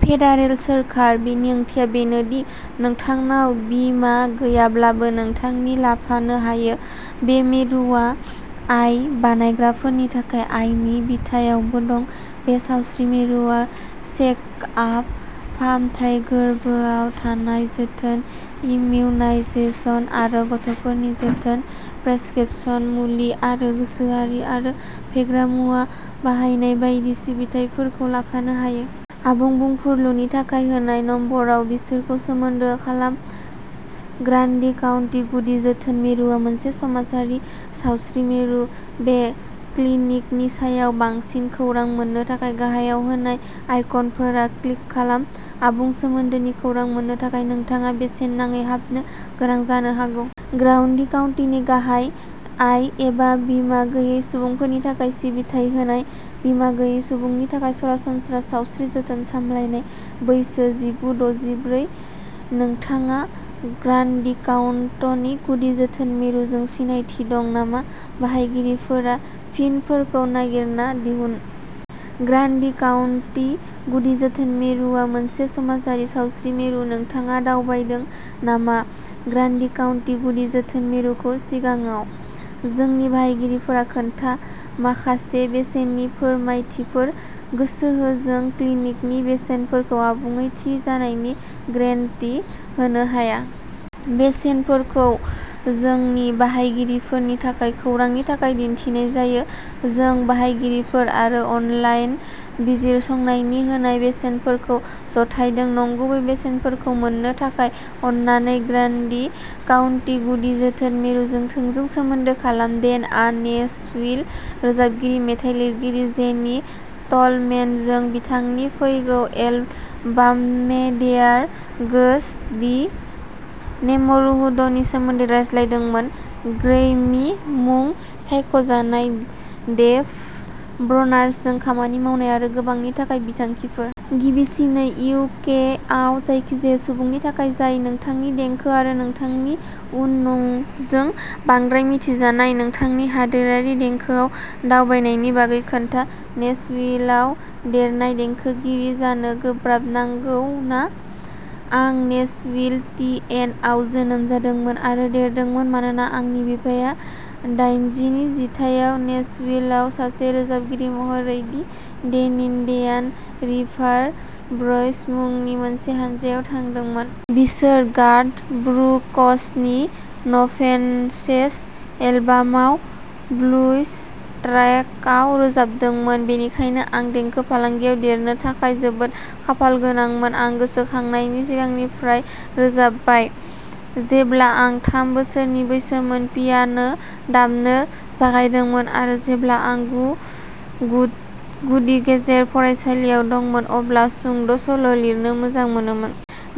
Federal सोरखार। बेनि ओंथिया बेनोदि नोंथांनाव बीमा गैयाब्लाबो नोंथांखौ लाफानो हायो। बे मिरुआ आय बानायग्राफोरनि थाखाय आयनि बिथायावबो दं। बे सावस्रि मिरुआ चेकआप, फाहामथाय, गोर्बोआव थानाय जोथोन, इमिउनायजेसन आरो गथ'फोरनि जोथोन, प्रेसक्रिपशन मुलि आरो गोसोआरि आरो फेग्रा मुवा बाहायनाय बायदि सिबिथाइफोरखौ लाफानो हायो। आबुं बुंफुरलुनि थाखाय होनाय नम्बराव बिसोरखौ सोमोन्दो खालाम। ग्रान्डि काउन्टि गुदि जोथोन मिरुआ मोनसे समाजारि सावस्रि मिरु। बे क्लिनिकनि सायाव बांसिन खौरां मोन्नो थाखाय, गाहायाव होनाय आइकनफोराव क्लिक खालाम। आबुं सोमोन्दोनि खौरां मोननो थाखाय नोंथाङा बेसेन नाङै हाबनो गोनां जानो हागौ। ग्रान्डि काउन्टिनि गाहाय आय एबा बिमा गैयै सुबुंफोरनि थाखाय सिबिथाय होनाय। बिमा गैयै सुबुंफोरनि थाखाय सरासनस्रा सावस्रि जोथोन सामलायथाय बैसो जिगु-दजिब्रै। नोंथाङा ग्रान्डि काउन्टि गुदि जोथोन मिरुजों सिनायथि दं नामा? बाहायगिरिफोरा फिनफोरखौ नागिरना दिहुन। ग्रान्डि काउन्टि गुदि जोथोन मिरुआ मोनसे समाजारि सावस्रि मिरु। नोंथाङा दावबायदों नामा? ग्रान्डी काउन्टी गुदि जोथोन मिरुखौ सिगाङाव? जोंनि बाहायगिरिफोरा खोन्था, माखासे बेसेननि फोरमायथिफोर! गोसो हो जों क्लिनिकनि बेसेनफोरखौ आबुङै थि जानायनि गेरेन्टि होनो हाया। बेसेनफोरखौ जोंनि बाहायगिरिफोरनि थाखाय खौरांनि थाखाय दिन्थिनाय जायो। जों बाहायगिरिफोर आरो अनलाइन बिजिरसंनायजों होनाय बेसेनफोरखौ जथायदों। नंगुबै बेसेनफोरखौ मोन्नो थाखाय अन्नानै ग्रान्डी काउन्टी गुदि जोथोन मिरुजों थोंजों सोमोन्दो खालाम। डेनआ नेशविल रोजाबगिरि-मेथाइ लिरगिरि जेनी टलमेनजों बिथांनि फैगौ एलबाम'देयर गोज दि नेब'रहुड'नि सोमोन्दै रायज्लायदोंमोन, ग्रैमी-मुं सायख'जानाय डेभ ब्रेनार्डजों खामानि मावनाय, आरो गोबांनि थाखाय बिथांखिफोर। गिबिसिनै, इउ के आव जायखिजाया सुबुंनि थाखाय जाय नोंथांनि देंखो आरो नोंथांनि उननुजों बांद्राय मिथिजाया, नोंथांनि हादोरयारि देंखोआव दावबायनायनि बागै खोन्था। नेशविलाव देरनाय, देंखोगिरि जानो गोब्राब नंगौना? आं नेशविल, टि एन आव जोनोम जादोंमोन आरो देरदोंमोन, मानोना आंनि बिफाया दाइनजिनि जिथायाव नेशविलआव सासे रोजाबगिरि महरै दि इन्डियान रिभार ब्र'य्स मुंनि मोनसे हानजायाव थांदोंमोन। बिसोर। गार्थ ब्रुक्सनि "न'फेन्सेस" एलबामाव "वुल्व्स" ट्रेकआव रोजाबदोंमोन। बेनिखायनो, आं देंखो फालांगियाव देरनो थाखाय जोबोद खाफालगोनांमोन। आं गोसोखांनायनि सिगांनिफ्राय रोजाबबाय, जेब्ला आं थाम बोसोर बैसोनिमोन, पियानो दामनो जागायदोंमोन, आरो जेब्ला आं गु गुद गुदि गेजेर फरायसालियाव दंमोन अब्ला सुंद'सल'लिरनो मोजां मोनोमोन।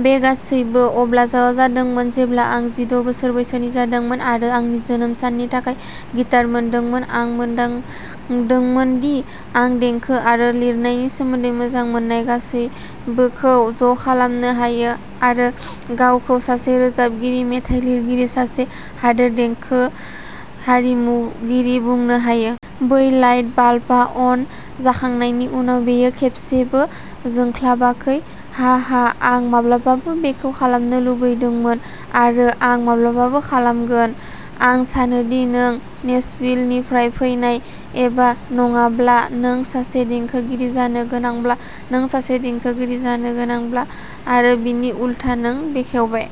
बे गासैबो अब्ला ज'जादोंमोन जेब्ला आं जिद' बोसोर बैसोनि जादोंमोन आरो आंनि जोनोम साननि थाखाय गिटार मोनदोंमोन। आं मोनदांदोंमोन दि आं देंखो आरो लिरनायनि सोमोन्दै मोजां मोननाय गासैबोखौ ज'खालामनो हायो आरो गावखौ सासे रोजाबगिरि मेथाइ लिरगिरि-सासे हादोर देंखो आरिमुगिरि बुंनो हायो। बै लाइट बाल्बआ अन जाखांनायनि उनाव, बेयो खेबसेबो जोंख्लाबाखै, हाहा। आं माब्लाबाबो बेखौ खालामनो लुबैदोंमोन, आरो आं माब्लाबाबो खालामगोन। आं सानो दि नों नेशविलनिफ्राय फैनाय एबा नङाब्ला, नों सासे देंखोगिरि जानो गोनांब्ला, नों सासे देंखोगिरि जानो गोनां, आरो बिनि उलथा। नों बेखेवबाय।